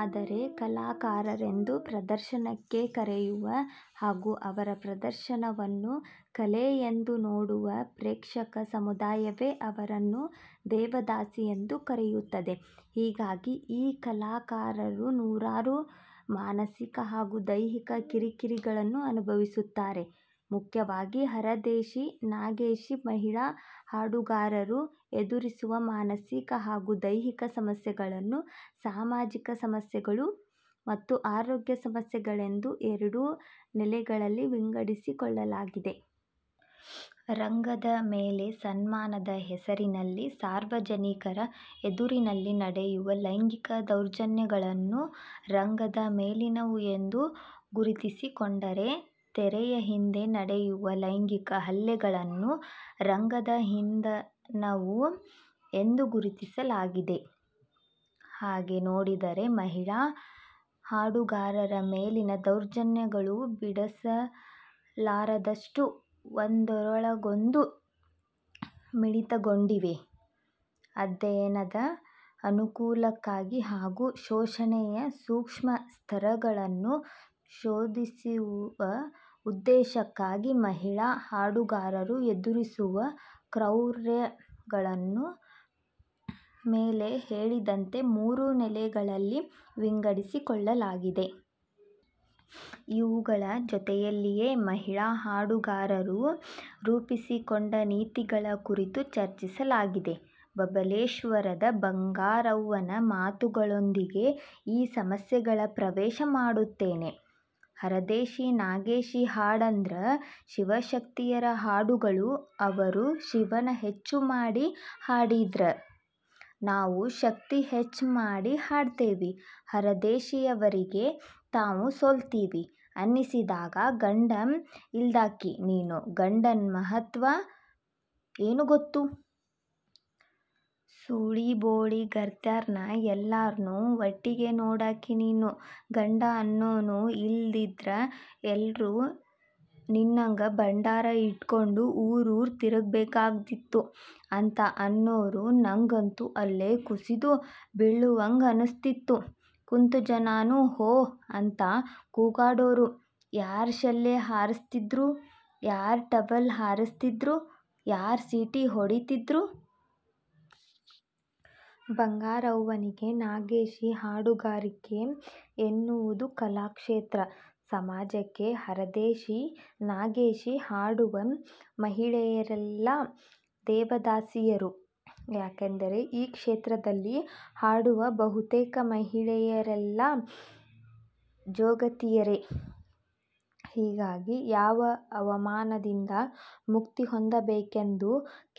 ಆದರೆ ಕಲಾಕಾರರೆಂದು ಪ್ರದರ್ಶನಕ್ಕೆ ಕರೆಯುವ ಹಾಗೂ ಅವರ ಪ್ರದರ್ಶನವನ್ನು ಕಲೆಯೆಂದು ನೋಡುವ ಪ್ರೇಕ್ಷಕ ಸಮುದಾಯವೇ ಅವರನ್ನು 'ದೇವದಾಸಿ'ಯೆಂದು ಕರೆಯುತ್ತದೆ. ಹೀಗಾಗಿ ಈ ಕಲಾಕಾರರು ನೂರಾರು ಮಾನಸಿಕ ಹಾಗೂ ದೈಹಿಕ ಕಿರಿ-ಕಿರಿಗಳನ್ನು ಅನುಭವಿಸುತ್ತಾರೆ. ಮುಖ್ಯವಾಗಿ ಹರದೇಶಿ-ನಾಗೇಶಿ ಮಹಿಳಾ ಹಾಡುಗಾರರು ಎದುರಿಸುವ ಮಾನಸಿಕ ಹಾಗೂ ದೈಹಿಕ ಸಮಸ್ಯೆಗಳನ್ನು ಸಾಮಾಜಿಕ ಸಮಸ್ಯೆಗಳು ಮತ್ತು ಆರೋಗ್ಯ ಸಮಸ್ಯೆಗಳೆಂದು ಎರಡು ನೆಲೆಗಳಲ್ಲಿ ವಿಂಗಡಿಸಿಕೊಳ್ಳಲಾಗಿದೆ. ರಂಗದ ಮೇಲೆ ಸನ್ಮಾನದ ಹೆಸರಿನಲ್ಲಿ ಸಾರ್ವಜನಿಕರ ಎದುರಿನಲ್ಲಿ ನಡೆಯುವ ಲೈಂಗಿಕ ದೌರ್ಜನ್ಯಗಳನ್ನು ರಂಗದ ಮೇಲಿನವು ಎಂದು ಗುರುತಿಸಿಕೊಂಡರೆ, ತೆರೆಯ ಹಿಂದೆ ನಡೆಯುವ ಲೈಂಗಿಕ ಹಲ್ಲೆಗಳನ್ನು ರಂಗದ ಹಿಂದನವು ಎಂದು ಗುರುತಿಸಲಾಗಿದೆ. ಹಾಗೆ ನೋಡಿದರೆ ಮಹಿಳಾ ಹಾಡುಗಾರರ ಮೇಲಿನ ದೌರ್ಜನ್ಯಗಳು ಬಿಡಸಲಾರದಷ್ಟು ಒಂದರೊಳಗೊಂದು ಮಿಳಿತಗೊಂಡಿವೆ. ಅಧ್ಯಯನದ ಅನುಕೂಲಕ್ಕಾಗಿ ಹಾಗೂ ಶೋಷಣೆಯ ಸೂಕ್ಷ್ಮ ಸ್ತರಗಳನ್ನು ಶೋಧಿಸುವ ಉದ್ದೇಶಕ್ಕಾಗಿ ಮಹಿಳಾ ಹಾಡುಗಾರರು ಎದುರಿಸುವ ಕ್ರೌರ್ಯಗಳನ್ನು ಮೇಲೆ ಹೇಳಿದಂತೆ ಮೂರು ನೆಲೆಗಳಲ್ಲಿ ವಿಂಗಡಿಸಿಕೊಳ್ಳಲಾಗಿದೆ. ಇವುಗಳ ಜೊತೆಯಲ್ಲಿಯೇ ಮಹಿಳಾ ಹಾಡುಗಾರರು ರೂಪಿಸಿಕೊಂಡ ನೀತಿಗಳ ಕುರಿತು ಚರ್ಚಿಸಲಾಗಿದೆ. ಬಬಲೇಶ್ವರದ ಬಂಗಾರವ್ವನ ಮಾತುಗಳೊಂದಿಗೆ ಈ ಸಮಸ್ಯೆಗಳ ಪ್ರವೇಶ ಮಾಡುತ್ತೇನೆ. "ಹರದೇಶಿ-ನಾಗೇಶಿ ಹಾಡಂದ್ರ ಶಿವ-ಶಕ್ತಿಯರ ಹಾಡುಗಳು, ಅವರು ಶಿವನ ಹೆಚ್ಚು ಮಾಡಿ ಹಾಡಿದ್ರ, ನಾವು ಶಕ್ತಿ ಹೆಚ್ಚ ಮಾಡಿ ಹಾಡ್ತೇವಿ. ಹರದೇಶಿಯವರಿಗೆ ತಾವು ಸೋಲ್ತೀವಿ ಅನಿಸಿದಾಗ 'ಗಂಡ ಇಲ್ದಾಕಿ ನೀನು, ಗಂಡನ್ನ ಮಹತ್ವ ಏನು ಗೊತ್ತು? ಸೂಳಿ-ಬೋಳೀ-ಗರತ್ಯಾರ್ನ ಎಲ್ಲಾರ್ನೂ ಒಟ್ಟಿಗೆ ನೋಡಕಿ ನೀನು. ಗಂಡ ಅನ್ನುವನು ಇಲ್ಲದಿದ್ರ ಎಲ್ಲರೂ ನಿನ್ನಂಗ ಭಂಡಾರ ಇಟಕೊಂಡು ಊರೂರು ತಿರಗಬೇಕಾಗ್ತಿತ್ತು'. ಅಂತ ಅನ್ನುವ್ರು. ನಂಗಂತೂ ಅಲ್ಲೆ ಕುಸಿದು ಬೀಳುವಂಗ ಅನಸ್ತಿತ್ತು. ಕುಂತ ಜನಾನೂ ಹೋ ಅಂತ ಕೂಗಾಡೋರು. ಯಾರ ಶೆಲ್ಲೆ ಹಾರಸ್ತಿದ್ರು? ಯಾರ ಟವಲ್ಲ ಹಾರಿಸ್ತಿದ್ರು? ಯಾರ ಸೀಟಿ ಹೊಡಿತಿದ್ರು? ಬಂಗಾರವ್ವನಿಗೆ ನಾಗೇಶಿ ಹಾಡುಗಾರಿಕೆ ಎನ್ನುವುದು ಕಲಾ ಕ್ಷೇತ್ರ, ಸಮಾಜಕ್ಕೆ ಹರದೇಶಿ-ನಾಗೇಶಿ ಹಾಡುವ ಮಹಿಳೆಯರೆಲ್ಲ 'ದೇವದಾಸಿಯರು', ಯಾಕೆಂದರೆ ಈ ಕ್ಷೇತ್ರದಲ್ಲಿ ಹಾಡುವ ಬಹುತೇಕ ಮಹಿಳೆಯರೆಲ್ಲ 'ಜೋಗತಿ'ಯರೇ. ಹೀಗಾಗಿ ಯಾವ ಅವಮಾನದಿಂದ ಮುಕ್ತಿ ಹೊಂದಬೇಕೆಂದು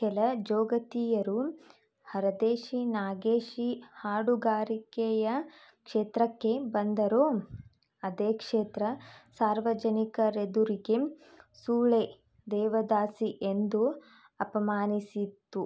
ಕೆಲ 'ಜೋಗತಿಯರು' ಹರದೇಶಿ-ನಾಗೇಶಿ ಹಾಡುಗಾರಿಕೆಯ ಕ್ಷೇತ್ರಕ್ಕೆ ಬಂದರೋ, ಅದೇ ಕ್ಷೇತ್ರ ಸಾರ್ವಜನಿಕರೆದುರಿಗೆ 'ಸೂಳೆ' 'ದೇವದಾಸಿ'ಯೆಂದು ಅಪಮಾನಿಸಿತು.